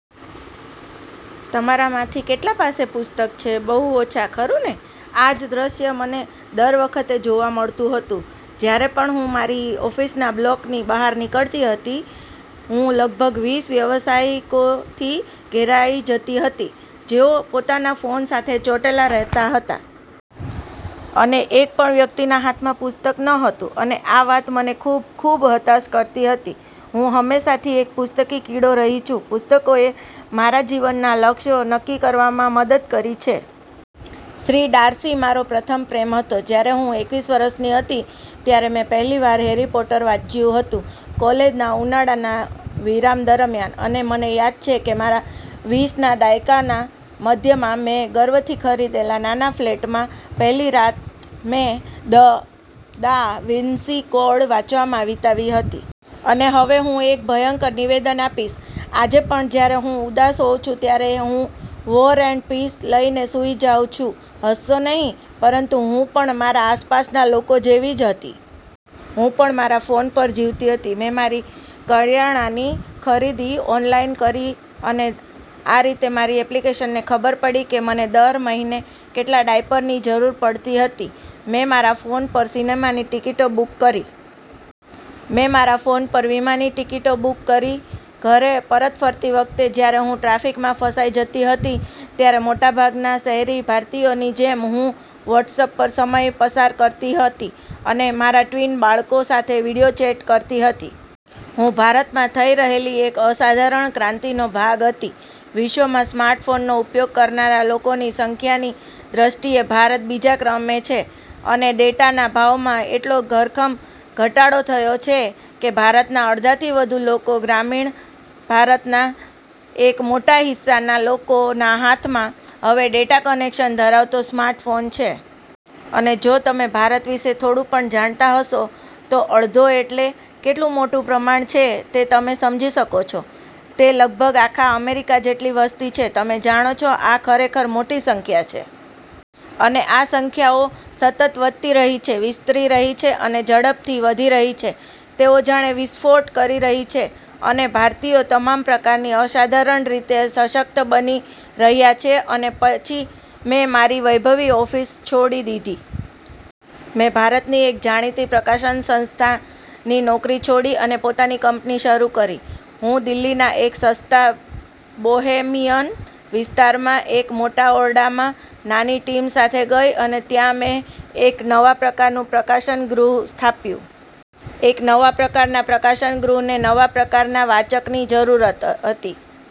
તમારામાંથી કેટલા પાસે પુસ્તક છે? બહુ ઓછા, ખરું ને? આ જ દૃશ્ય મને દર વખતે જોવા મળતું હતું, જ્યારે પણ હું મારી ઓફિસના બ્લોકની બહાર નીકળતી હતી. હું લગભગ વીસ વ્યાવસાયિકોથી ઘેરાઈ જતી હતી, જેઓ પોતાના ફોન સાથે ચોંટેલા રહેતા હતા. અને એક પણ વ્યક્તિના હાથમાં પુસ્તક ન હતું. અને આ વાત મને ખૂબ, ખૂબ હતાશ કરતી હતી. હું હંમેશાથી એક પુસ્તકી કીડો રહી છું. પુસ્તકોએ મારા જીવનના લક્ષ્યો નક્કી કરવામાં મદદ કરી છે. શ્રી ડાર્સી મારો પ્રથમ પ્રેમ હતો. જ્યારે હું એકવીસ વર્ષની હતી, ત્યારે મેં પહેલી વાર “હેરી પોટર” વાંચ્યું હતું, કોલેજના ઉનાળાના વિરામ દરમિયાન. અને મને યાદ છે કે મારા વીસના દાયકાના મધ્યમાં મેં ગર્વથી ખરીદેલા નાના ફ્લેટમાં પહેલી રાત મેં “ધ દા વિન્સી કોડ” વાંચવામાં વિતાવી હતી. અને હવે હું એક ભયંકર નિવેદન આપીશ: આજે પણ જ્યારે હું ઉદાસ હોઉં છું, ત્યારે હું “વૉર એન્ડ પીસ” લઈને સૂઈ જાઉં છું. હસશો નહીં. પરંતુ હું પણ મારા આસપાસના લોકો જેવી જ હતી. હું પણ મારા ફોન પર જીવતી હતી. મેં મારી કરિયાણાની ખરીદી ઓનલાઈન કરી અને આ રીતે મારી એપ્લિકેશનને ખબર પડી કે મને દર મહિને કેટલા ડાયપરની જરૂર પડતી હતી. મેં મારા ફોન પર સિનેમાની ટિકિટો બુક કરી. મેં મારા ફોન પર વિમાની ટિકિટો બુક કરી. ઘરે પરત ફરતી વખતે, જ્યારે હું ટ્રાફિકમાં ફસાઈ જતી હતી, ત્યારે મોટાભાગના શહેરી ભારતીયોની જેમ હું વોટ્સએપ પર સમય પસાર કરતી હતી અને મારા ટ્વિન બાળકો સાથે વિડિયો ચેટ કરતી હતી. હું ભારતમાં થઈ રહેલી એક અસાધારણ ક્રાંતિનો ભાગ હતી. વિશ્વમાં સ્માર્ટફોનનો ઉપયોગ કરનારા લોકોની સંખ્યાની દૃષ્ટિએ ભારત બીજા ક્રમે છે. અને ડેટાના ભાવમાં એટલો ધરખમ ઘટાડો થયો છે કે ભારતના અડધાથી વધુ લોકો અને ગ્રામીણ ભારતના એક મોટા હિસ્સાના લોકોના હાથમાં હવે ડેટા કનેક્શન ધરાવતો સ્માર્ટફોન છે. અને જો તમે ભારત વિશે થોડું પણ જાણતા હશો, તો “અડધો” એટલે કેટલું મોટું પ્રમાણ છે તે તમે સમજી શકો છો. તે લગભગ આખા અમેરિકા જેટલી વસ્તી છે. તમે જાણો છો, આ ખરેખર મોટી સંખ્યા છે. અને આ સંખ્યાઓ સતત વધી રહી છે, વિસ્તરી રહી છે અને ઝડપથી વધી રહી છે. તેઓ જાણે વિસ્ફોટ કરી રહી છે. અને ભારતીયો તમામ પ્રકારની અસાધારણ રીતે સશક્ત બની રહ્યા છે. અને પછી મેં મારી વૈભવી ઓફિસ છોડી દીધી. મેં ભારતની એક જાણીતી પ્રકાશન સંસ્થાની નોકરી છોડી અને પોતાની કંપની શરૂ કરી. હું દિલ્હીના એક સસ્તા બોહેમિયન વિસ્તારમાં એક મોટા ઓરડામાં નાની ટીમ સાથે ગઈ. અને ત્યાં મેં એક નવા પ્રકારનું પ્રકાશન ગૃહ સ્થાપ્યું. એક નવા પ્રકારના પ્રકાશન ગૃહને નવા પ્રકારના વાચકની જરૂર હતી.